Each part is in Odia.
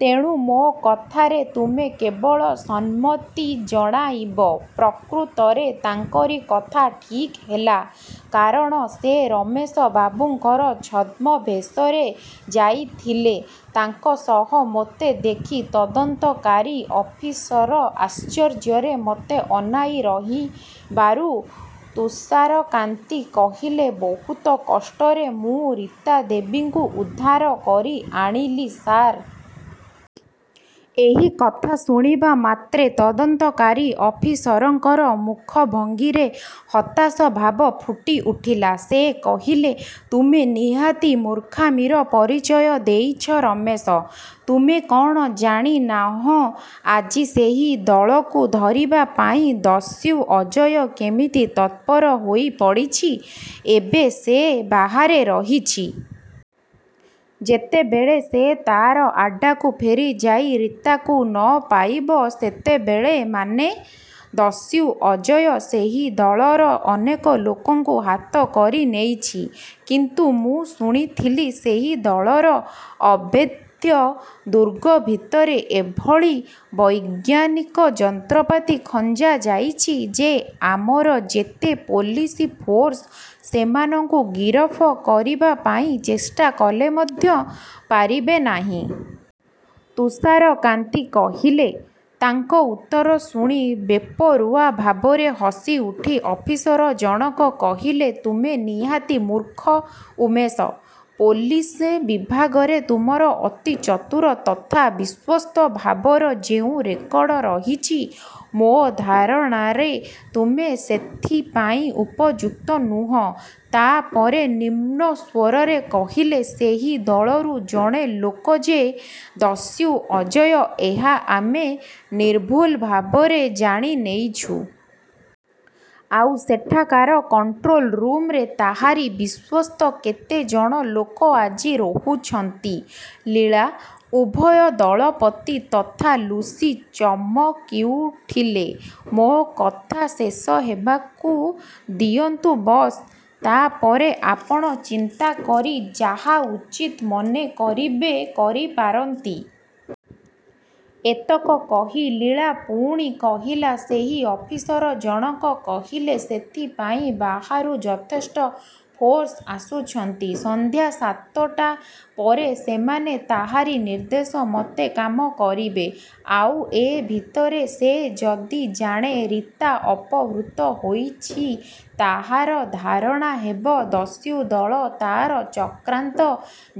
ତେଣୁ ମୋ କଥାରେ ତୁମେ କେବଳ ସମ୍ମତି ଜଣାଇବ। ପ୍ରକୃତରେ ତାଙ୍କରି କଥା ଠିକ୍ ହେଲା। କାରଣ ସେ ରମେଶ ବାବୁଙ୍କର ଛଦ୍ମବେଶରେ ଯାଇଥିଲେ। ତାଙ୍କ ସହ ମୋତେ ଦେଖି ତଦନ୍ତକାରୀ ଅଫିସର ଆଶ୍ଚର୍ଯ୍ୟରେ ମୋତେ ଅନାଇ ରହିବାରୁ ତୁଷାରକାନ୍ତି କହିଲେ ବହୁତ କଷ୍ଟରେ ମୁଁ ରୀତା ଦେବୀଙ୍କୁ ଉଦ୍ଧାର କରି ଆଣିଲି ସାର୍। ଏହି କଥା ଶୁଣିବା ମାତ୍ରେ ତଦନ୍ତକାରୀ ଅଫିସରଙ୍କର ମୁଖଭଙ୍ଗୀରେ ହତାଶଭାବ ଫୁଟିଉଠିଲା। ସେ କହିଲେ ତୁମେ ନିହାତି ମୂର୍ଖାମିର ପରିଚୟ ଦେଇଛ ରମେଶ। ତୁମେ କ’ଣ ଜାଣିନାହଁ ଆଜି ସେହି ଦଳକୁ ଧରିବା ପାଇଁ ଦସ୍ୟୁ ଅଜୟ କେମିତି ତତ୍ପର ହୋଇପଡ଼ିଛି? ଏବେ ସେ ବାହାରେ ରହିଛି। ଯେତେବେଳେ ସେ ତା’ର ଆଡ଼୍ଡାକୁ ଫେରିଯାଇ ରୀତାକୁ ନ ପାଇବ ସେତେବେଳେ ମାନେ? ଦସ୍ୟୁ ଅଜୟ ସେହି ଦଳର ଅନେକ ଲୋକଙ୍କୁ ହାତକରି ନେଇଛି। କିନ୍ତୁ ମୁଁ ଶୁଣୁଥିଲି ସେହି ଦଳର ଅଭେଦ୍ୟ ଦୁର୍ଗ ଭିତରେ ଏଭଳି ବୈଜ୍ଞାନିକ ଯନ୍ତ୍ରପାତି ଖଞ୍ଜାଯାଇଛି ଯେ ଆମର ଯେତେ ପୋଲିସ ଫୋର୍ସ ସେମାନଙ୍କୁ ଗିରଫ କରିବା ପାଇଁ ଚେଷ୍ଟା କଲେ ମଧ୍ୟ ପାରିବେ ନାହିଁ। ତୁଷାରକାନ୍ତି କହିଲେ। ତାଙ୍କ ଉତ୍ତର ଶୁଣି ବେପରୁଆ ଭାବରେ ହସିଉଠି ଅଫିସର ଜଣକ କହିଲେ ତୁମେ ନିହାତି ମୂର୍ଖ ଉମେଶ! ପୋଲିସ ବିଭାଗରେ ତୁମର ଅତି ଚତୁର ତଥା ବିଶ୍ୱସ୍ତ ଭାବର ଯେଉଁ ରେକର୍ଡ ରହିଛି ମୋ ଧାରଣାରେ ତୁମେ ସେଥିପାଇଁ ଉପଯୁକ୍ତ ନୁହଁ। ତା’ ପରେ ନିମ୍ନ ସ୍ୱରରେ କହିଲେ ସେହି ଦଳରୁ ଜଣେ ଲୋକ ଯେ ଦସ୍ୟୁ ଅଜୟ ଏହା ଆମେ ନିର୍ଭୁଲ ଭାବରେ ଜାଣିନେଇଛୁ। ଆଉ ସେଠାକାର କଣ୍ଟ୍ରୋଲ୍ ରୁମ୍‌ରେ ତାହାରି ବିଶ୍ୱସ୍ତ କେତେ ଜଣ ଲୋକ ଆଜି ରହୁଛନ୍ତି। ଲୀଳା! ଉଭୟ ଦଳପତି ତଥା ଲୁସି ଚମକିଉଠିଲେ। ମୋ କଥା ଶେଷ ହେବାକୁ ଦିଅନ୍ତୁ ବସ୍। ତା’ ପରେ ଆପଣ ଚିନ୍ତା କରି ଯାହା ଉଚିତ୍ ମନେ କରିବେ କରିପାରନ୍ତି। ଏତକ କହି ଲୀଳା ପୁଣି କହିଲା ସେହି ଅଫିସର ଜଣକ କହିଲେ ସେଥିପାଇଁ ବାହାରୁ ଯଥେଷ୍ଟ ଫୋର୍ସ ଆସୁଛନ୍ତି। ସନ୍ଧ୍ୟା ସାତଟା ପରେ ସେମାନେ ତାହାରି ନିର୍ଦ୍ଦେଶ ମତେ କାମ କରିବେ। ଆଉ ଏ ଭିତରେ ସେ ଯଦି ଜାଣେ ରୀତା ଅପହୃତ ହୋଇଛି ତାହାର ଧାରଣା ହେବ ଦସ୍ୟୁଦଳ ତା’ର ଚକ୍ରାନ୍ତ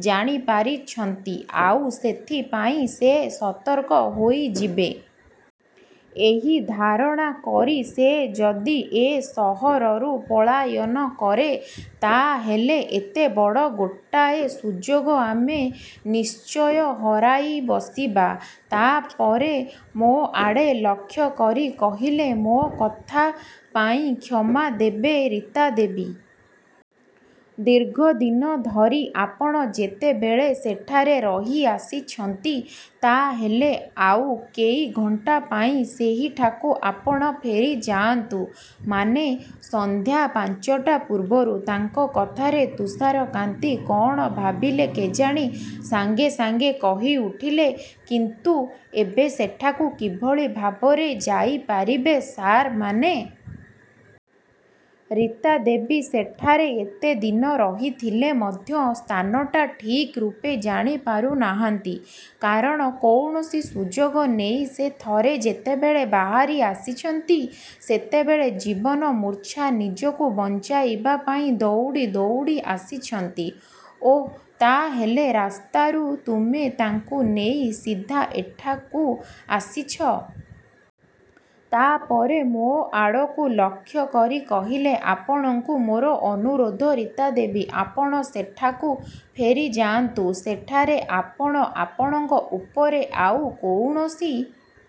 ଜାଣିପାରିଛନ୍ତି ଆଉ ସେଥିପାଇଁ ସେ ସତର୍କ ହୋଇଯିବେ। ଏହି ଧାରଣା କରି ସେ ଯଦି ଏ ସହରରୁ ପଳାୟନ କରେ ତା’ ହେଲେ ଏତେ ବଡ଼ ଗୋଟାଏ ସୁଯୋଗ ଆମେ ନିଶ୍ଚୟ ହରାଇ ବସିବା। ତା’ ପରେ ମୋ ଆଡ଼େ ଲକ୍ଷ୍ୟ କରି କହିଲେ ମୋ କଥା ପାଇଁ କ୍ଷମା ଦେବେ ରୀତା ଦେବୀ। ଦୀର୍ଘଦିନ ଧରି ଆପଣ ଯେତେବେଳେ ସେଠାରେ ରହିଆସିଛନ୍ତି ତା’ ହେଲେ ଆଉ କେଇ ଘଣ୍ଟା ପାଇଁ ସେହିଠାକୁ ଆପଣ ଫେରିଯାଆନ୍ତୁ। ମାନେ ସନ୍ଧ୍ୟା ପାଞ୍ଚଟା ପୂର୍ବରୁ। ତାଙ୍କ କଥାରେ ତୁଷାରକାନ୍ତି କ’ଣ ଭାବିଲେ କେଜାଣି ସାଙ୍ଗେ ସାଙ୍ଗେ କହିଉଠିଲେ କିନ୍ତୁ ଏବେ ସେଠାକୁ କିଭଳି ଭାବରେ ଯାଇପାରିବେ ସାର୍ ମାନେ? ରୀତା ଦେବୀ ସେଠାରେ ଏତେ ଦିନ ରହିଥିଲେ ମଧ୍ୟ ସ୍ଥାନଟା ଠିକ୍ ରୂପେ ଜାଣିପାରୁନାହାନ୍ତି। କାରଣ କୌଣସି ସୁଯୋଗ ନେଇ ସେ ଥରେ ଯେତେବେଳେ ବାହାରି ଆସିଛନ୍ତି ସେତେବେଳେ ଜୀବନମୂର୍ଚ୍ଛା ନିଜକୁ ବଞ୍ଚାଇବା ପାଇଁ ଦୌଡ଼ି ଦୌଡ଼ି ଆସିଛନ୍ତି। ଓ ତା’ ହେଲେ ରାସ୍ତାରୁ ତୁମେ ତାଙ୍କୁ ନେଇ ସିଧା ଏଠାକୁ ଆସିଛ? ତା’ ପରେ ମୋ ଆଡ଼କୁ ଲକ୍ଷ୍ୟ କରି କହିଲେ ଆପଣଙ୍କୁ ମୋର ଅନୁରୋଧ ରୀତା ଦେବୀ ଆପଣ ସେଠାକୁ ଫେରିଯାଆନ୍ତୁ। ସେଠାରେ ଆପଣ ଆପଣଙ୍କ ଉପରେ ଆଉ କୌଣସି